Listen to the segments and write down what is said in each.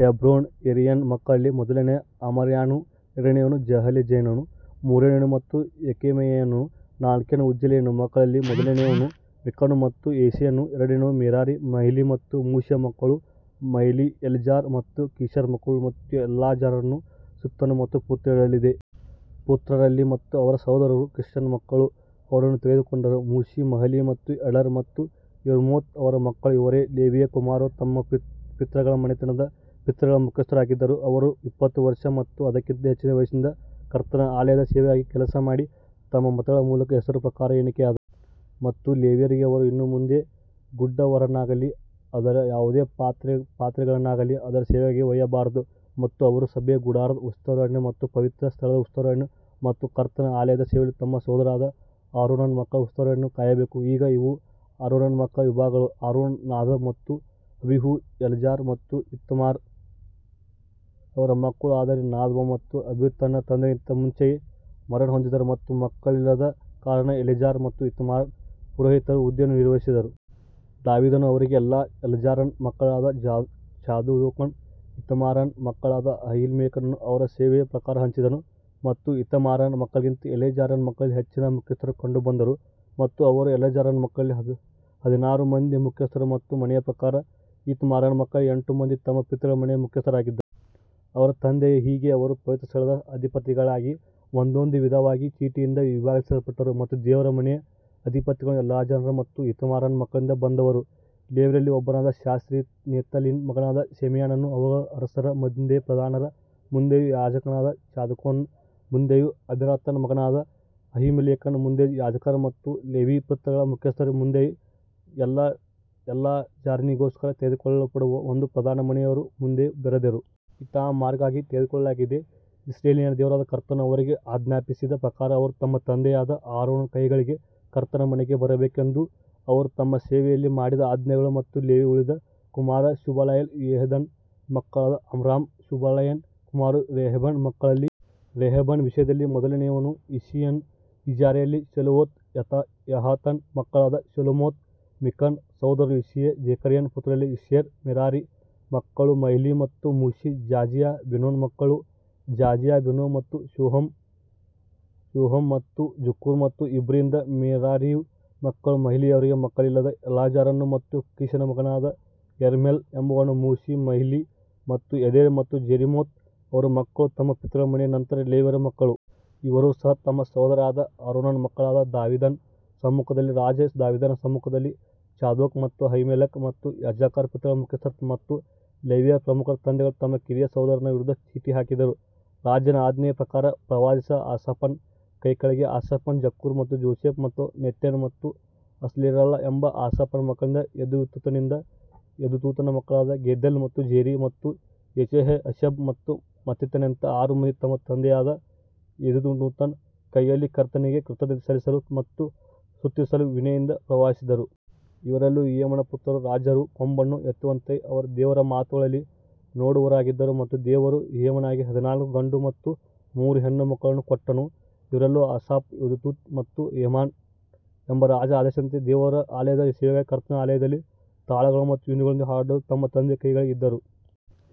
ಹೆಬ್ರೋನ ಯೆರೀಯನ ಮಕ್ಕಳಲ್ಲಿ ಮೊದಲನೆಯ ಅಮರ್ಯಾನು ಎರಡನೆಯವನು ಜಹಜಿಯೇಲನು ಮೂರನೆಯವನು ಮತ್ತು ಯೆಕಮೆಯಾಮನು ನಾಲ್ಕನೆಯವನು ಉಜ್ಜೀಯೇಲನ ಮಕ್ಕಳಲ್ಲಿ ಮೊದಲನೆಯವನು ಮಿಕನು ಮತ್ತು ಯೆಸೀಯನು ಎರಡನೆಯವನು ಮೆರಾರಿ ಮಹ್ಲಿ ಮತ್ತು ಮೂಷಿಯ ಮಕ್ಕಳು ಮಹ್ಲಿ ಎಲ್ಲಾಜಾರ ಮತ್ತು ಕೀಷರ ಮಕ್ಕಳು ಮತ್ತು ಎಲ್ಲಾಜಾರನು ಸತ್ತನು ಮತ್ತು ಪುತ್ರಿಯರಲ್ಲದೆ ಪುತ್ರರಿರಲಿಲ್ಲ ಮತ್ತು ಅವರ ಸಹೋದರರು ಕೀಷನ ಮಕ್ಕಳು ಅವರನ್ನು ತೆಗೆದುಕೊಂಡರು ಮೂಶಿ ಮಹಲಿ ಮತ್ತು ಎಡರ್ ಮತ್ತು ಯೆರೆಮೋತ್ ಅವರ ಮಕ್ಕಳು ಇವರೇ ಲೇವಿಯ ಕುಮಾರರು ತಮ್ಮ ಪಿತೃಗಳ ಮನೆತನದ ಪಿತೃಗಳ ಮುಖ್ಯಸ್ಥರೂ ಆಗಿದ್ದರು, ಅವರು ಇಪ್ಪತ್ತು ವರ್ಷ ಮತ್ತು ಅದಕ್ಕಿಂತ ಹೆಚ್ಚಿನ ವಯಸ್ಸಿನಿಂದ ಕರ್ತನ ಆಲಯದ ಸೇವೆಗಾಗಿ ಕೆಲಸ ಮಾಡಿದ ತಮ್ಮ ಮತಗಳ ಮೂಲಕ ಹೆಸರುಗಳ ಪ್ರಕಾರ ಎಣಿಕೆಯಾದರು. ಮತ್ತು ಲೇವಿಯರಿಗೆ ಅವರು ಇನ್ನು ಮುಂದೆ ಗುಡಾರವನ್ನಾಗಲಿ ಅದರ ಯಾವುದೇ ಪಾತ್ರೆಗಳನ್ನಾಗಲಿ ಅದರ ಸೇವೆಗಾಗಿ ಒಯ್ಯಬಾರದು. ಮತ್ತು ಅವರು ಸಭೆಯ ಗುಡಾರದ ಉಸ್ತುವಾರಿಯನ್ನು ಮತ್ತು ಪವಿತ್ರ ಸ್ಥಳದ ಉಸ್ತುವಾರಿಯನ್ನು ಮತ್ತು ಕರ್ತನ ಆಲಯದ ಸೇವೆಯಲ್ಲಿ ತಮ್ಮ ಸಹೋದರರಾದ ಆರೋನನ ಮಕ್ಕಳ ಉಸ್ತುವಾರಿಯನ್ನು ಕಾಯಬೇಕು. ಈಗ ಇವು ಆರೋನನ ಮಕ್ಕಳ ವಿಭಾಗಗಳು, ಆರೋನ ನಾದಾಬ್ ಮತ್ತು ಅಬೀಹು ಎಲ್ಲಾಜಾರ್ ಮತ್ತು ಈತಾಮಾರ್ ಅವರ ಮಕ್ಕಳು ಆದರೆ ನಾದಾಬ್ ಮತ್ತು ಅಬೀಹು ತಮ್ಮ ತಂದೆಗಿಂತ ಮುಂಚೆಯೇ ಮರಣಹೊಂದಿದರು ಮತ್ತು ಮಕ್ಕಳಿಲ್ಲದ ಕಾರಣ ಎಲೆಜಾರ್ ಮತ್ತು ಈತಾಮಾರ್ ಪುರೋಹಿತರ ಹುದ್ದೆಯನ್ನು ನಿರ್ವಹಿಸಿದರು. ದಾವೀದನು ಅವರಿಗೆ ಎಲ್ಲಾಜಾರನ ಮಕ್ಕಳಾದ ಚಾದೋಕನನ್ನೂ ಈತಾಮಾರನ ಮಕ್ಕಳಾದ ಅಹೀಮೆಲೆಕನನ್ನೂ ಅವರವರ ಸೇವೆಯ ಪ್ರಕಾರ ಹಂಚಿದನು. ಮತ್ತು ಈತಾಮಾರನ ಮಕ್ಕಳಿಗಿಂತ ಎಲೆಯಾಜರನ ಮಕ್ಕಳಲ್ಲಿ ಹೆಚ್ಚಿನ ಮುಖ್ಯಸ್ಥರು ಕಂಡುಬಂದರು ಮತ್ತು ಅವರು ಎಲ್ಲಾಜಾರನ ಮಕ್ಕಳಲ್ಲಿ ಹದಿನಾರು ಮಂದಿ ಮುಖ್ಯಸ್ಥರು ಮತ್ತು ಮನೆಯ ಪ್ರಕಾರ ಈತಾಮಾರನ ಮಕ್ಕಳಲ್ಲಿ ಎಂಟು ಮಂದಿ ತಮ್ಮ ಪಿತೃಗಳ ಮನೆಯ ಮುಖ್ಯಸ್ಥರಾಗಿದ್ದರು. ಅವರ ತಂದೆಯ ಹೀಗೆ ಅವರು ಪವಿತ್ರಸ್ಥಳದ ಅಧಿಪತಿಗಳಿಗಾಗಿ ಒಂದೊಂದು ವಿಧವಾಗಿ ಚೀಟಿಯಿಂದ ವಿಭಾಗಿಸಲ್ಪಟ್ಟರು ಮತ್ತು ದೇವರ ಮನೆಯ ಅಧಿಪತಿಗಳು ಎಲ್ಲಾಜಾರನ ಮತ್ತು ಈತಾಮಾರನ ಮಕ್ಕಳಿಂದ ಬಂದವರು. ಲೇವಿಯರಲ್ಲಿ ಒಬ್ಬನಾದ ಶಾಸ್ತ್ರಿಯಾದ ನೆತನೀಲನ ಮಗನಾದ ಶೆಮಾಯನು ಅವುಗಳನ್ನು ಅರಸನ ಮುಂದೆಯೂ ಪ್ರಧಾನರ ಮುಂದೆಯೂ ಯಾಜಕನಾದ ಚಾದೋಕನ ಮುಂದೆಯೂ ಅಬ್ಯಾತಾರನ ಮಗನಾದ ಅಹೀಮೆಲೆಕನ ಮುಂದೆಯೂ ಯಾಜಕರ ಮತ್ತು ಲೇವಿಯರ ಪಿತೃಗಳ ಮುಖ್ಯಸ್ಥರ ಮುಂದೆಯೂ ಎಲ್ಲಾಜಾರನಿಗೋಸ್ಕರ ತೆಗೆದುಕೊಳ್ಳಲ್ಪಡುವ ಒಂದು ಪ್ರಧಾನ ಮನೆಯವರ ಮುಂದೆಯೂ ಬರೆದರು. ಇತಾಮಾರ್ಗಾಗಿ ತೆಗೆದುಕೊಳ್ಳಲಾಗಿದೆ ಇಸ್ರಾಯೇಲಿನ ದೇವರಾದ ಕರ್ತನು ಅವರಿಗೆ ಆಜ್ಞಾಪಿಸಿದ ಪ್ರಕಾರ ಅವರು ತಮ್ಮ ತಂದೆಯಾದ ಆರೋನನ ಕೈಕೆಳಗೆ ಕರ್ತನ ಮನೆಗೆ ಬರಬೇಕೆಂದು ಅವರು ತಮ್ಮ ಸೇವೆಯಲ್ಲಿ ಮಾಡಿದ ಆಜ್ಞೆಗಳು. ಮತ್ತು ಲೇವಿಯ ಉಳಿದ ಕುಮಾರರು ಶುಬಾಯೇಲ ಯೆಹದಾಯನ ಮಕ್ಕಳಾದ ಅಮ್ರಾಮ ಶುಬಾಯೇಲನ ಕುಮಾರರು. ರೆಹಬ್ಯನ ಮಕ್ಕಳಲ್ಲಿ ರೆಹಬ್ಯನ ವಿಷಯದಲ್ಲಿ ಮೊದಲನೆಯವನು ಇಷೀಯನು ಇಜಾರಿಯರಲ್ಲಿ ಶೆಲೋಮೋತ್ ಯಹಾತನ ಮಕ್ಕಳಾದ ಶೆಲೋಮೋತ್ ಮಿಕನ ಸಹೋದರನು ಇಷೀಯ ಜೆಕರೀಯನ ಪುತ್ರರಲ್ಲಿ ಇಷೀಯನು ಮೆರಾರಿಯ ಮಕ್ಕಳು ಮಹ್ಲಿ ಮತ್ತು ಮೂಷಿ ಜಾಜಿಯಾ ಬೆನೋನ ಮಕ್ಕಳು ಜಾಜಿಯಾ ಬೆನೋ ಮತ್ತು ಶೋಹಮ್ ಮತ್ತು ಜಕ್ಕೂರ್ ಮತ್ತು ಇಬ್ರಿಯಿಂದ ಮೆರಾರಿಯ ಮಕ್ಕಳು ಮಹ್ಲಿಯವನಿಗೆ ಮಕ್ಕಳಿಲ್ಲದ ಎಲ್ಲಾಜಾರನು ಬಂದನು ಕೀಷನ ಮಗನಾದ ಯೆರಹ್ಮೇಲ್ ಎಂಬವನು ಮೂಷಿ ಮಹ್ಲಿ ಮತ್ತು ಎದೆರ್ ಮತ್ತು ಜೆರಿಮೋತ್ ಅವರ ಮಕ್ಕಳು ತಮ್ಮ ಪಿತೃಗಳ ಮನೆಯ ನಂತರ ಲೇವಿಯರ ಮಕ್ಕಳು. ಇವರೂ ಸಹ ತಮ್ಮ ಸಹೋದರರಾದ ಆರೋನನ ಮಕ್ಕಳಾದ ದಾವೀದನ ಸಮ್ಮುಖದಲ್ಲಿ ರಾಜ ದಾವೀದನ ಸಮ್ಮುಖದಲ್ಲಿ, ಚಾದೋಕ್ ಮತ್ತು ಅಹೀಮೆಲೆಕ್ ಮತ್ತು ಯಾಜಕರ ಪಿತೃಗಳ ಮುಖ್ಯಸ್ಥರು ಮತ್ತು ಲೇವಿಯರ ಪ್ರಮುಖ ತಂದೆಗಳು ತಮ್ಮ ಕಿರಿಯ ಸಹೋದರರ ವಿರುದ್ಧ ಚೀಟು ಹಾಕಿದರು. ರಾಜನ ಆಜ್ಞೆಯ ಪ್ರಕಾರ ಪ್ರವಾದಿಸಿದ ಆಸಾಫನ ಕೈಕೆಳಗೆ ಆಸಾಫ್ ಜಕ್ಕೂರ್ ಮತ್ತು ಜೋಸೆಫ್ ಮತ್ತು ನೆತನ್ಯ ಮತ್ತು ಅಸರೆಲಾಹ್ ಎಂಬ ಆಸಾಫನ ಮಕ್ಕಳಿಂದ ಯೆದುತೂನನಿಂದ ಯೆದುತೂನನ ಮಕ್ಕಳಾದ ಗೆದಲ್ಯ ಮತ್ತು ಜೆರಿ ಮತ್ತು ಯೆಷಯಹ ಹಷಬ್ಯ ಮತ್ತು ಮತ್ತಿತ್ಯನ ಆರು ಮಂದಿ ತಮ್ಮ ತಂದೆಯಾದ ಯೆದುತೂನನ ಕೈಯಲ್ಲಿ ಕರ್ತನಿಗೆ ಕೃತಜ್ಞತೆ ಸಲ್ಲಿಸಲು ಮತ್ತು ಸ್ತುತಿಸಲು ವೀಣೆಯಿಂದ ಪ್ರವಾದಿಸಿದರು. ಇವರೆಲ್ಲರೂ ಹೇಮನ ಪುತ್ರರು, ರಾಜರು ಕೊಂಬನ್ನು ಎತ್ತುವಂತೆ ದೇವರ ಮಾತುಗಳಲ್ಲಿ ನೋಡುವವರಾಗಿದ್ದರು ಮತ್ತು ದೇವರು ಹೇಮಾನನಿಗೆ ಹದಿನಾಲ್ಕು ಗಂಡು ಮತ್ತು ಮೂರು ಹೆಣ್ಣು ಮಕ್ಕಳನ್ನು ಕೊಟ್ಟನು. ಇವರೆಲ್ಲರೂ ಆಸಾಫ್ ಯೆದುತೂನ್ ಮತ್ತು ಹೇಮಾನ್ ಎಂಬ ರಾಜರ ಆದೇಶದಂತೆ ದೇವರ ಆಲಯದ ಸೇವೆಗಾಗಿ ಕರ್ತನ ಆಲಯದಲ್ಲಿ ತಾಳಗಳು ಮತ್ತು ವೀಣೆಗಳೊಂದಿಗೆ ಹಾಡಲು ತಮ್ಮ ತಂದೆಯ ಕೈಕೆಳಗೆ ಇದ್ದರು.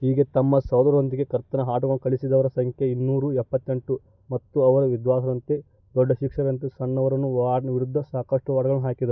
ಹೀಗೆ ತಮ್ಮ ಸಹೋದರರೊಂದಿಗೆ ಕರ್ತನ ಹಾಡುಗಳನ್ನು ಕಲಿಸಿದವರ ಸಂಖ್ಯೆಯು ಇನ್ನೂರ ಎಪ್ಪತ್ತೆಂಟು. ಮತ್ತು ಅವರು ವಿದ್ವಾಂಸರಂತೆ ದೊಡ್ಡ ಶಿಕ್ಷಕರಂತೆ ಸಣ್ಣವರನ್ನೂ ವಾರ್ಡ್ನ ವಿರುದ್ಧ ಸಾಕಷ್ಟು ವಾರ್ಡ್ಗಳನ್ನು ಹಾಕಿದರು.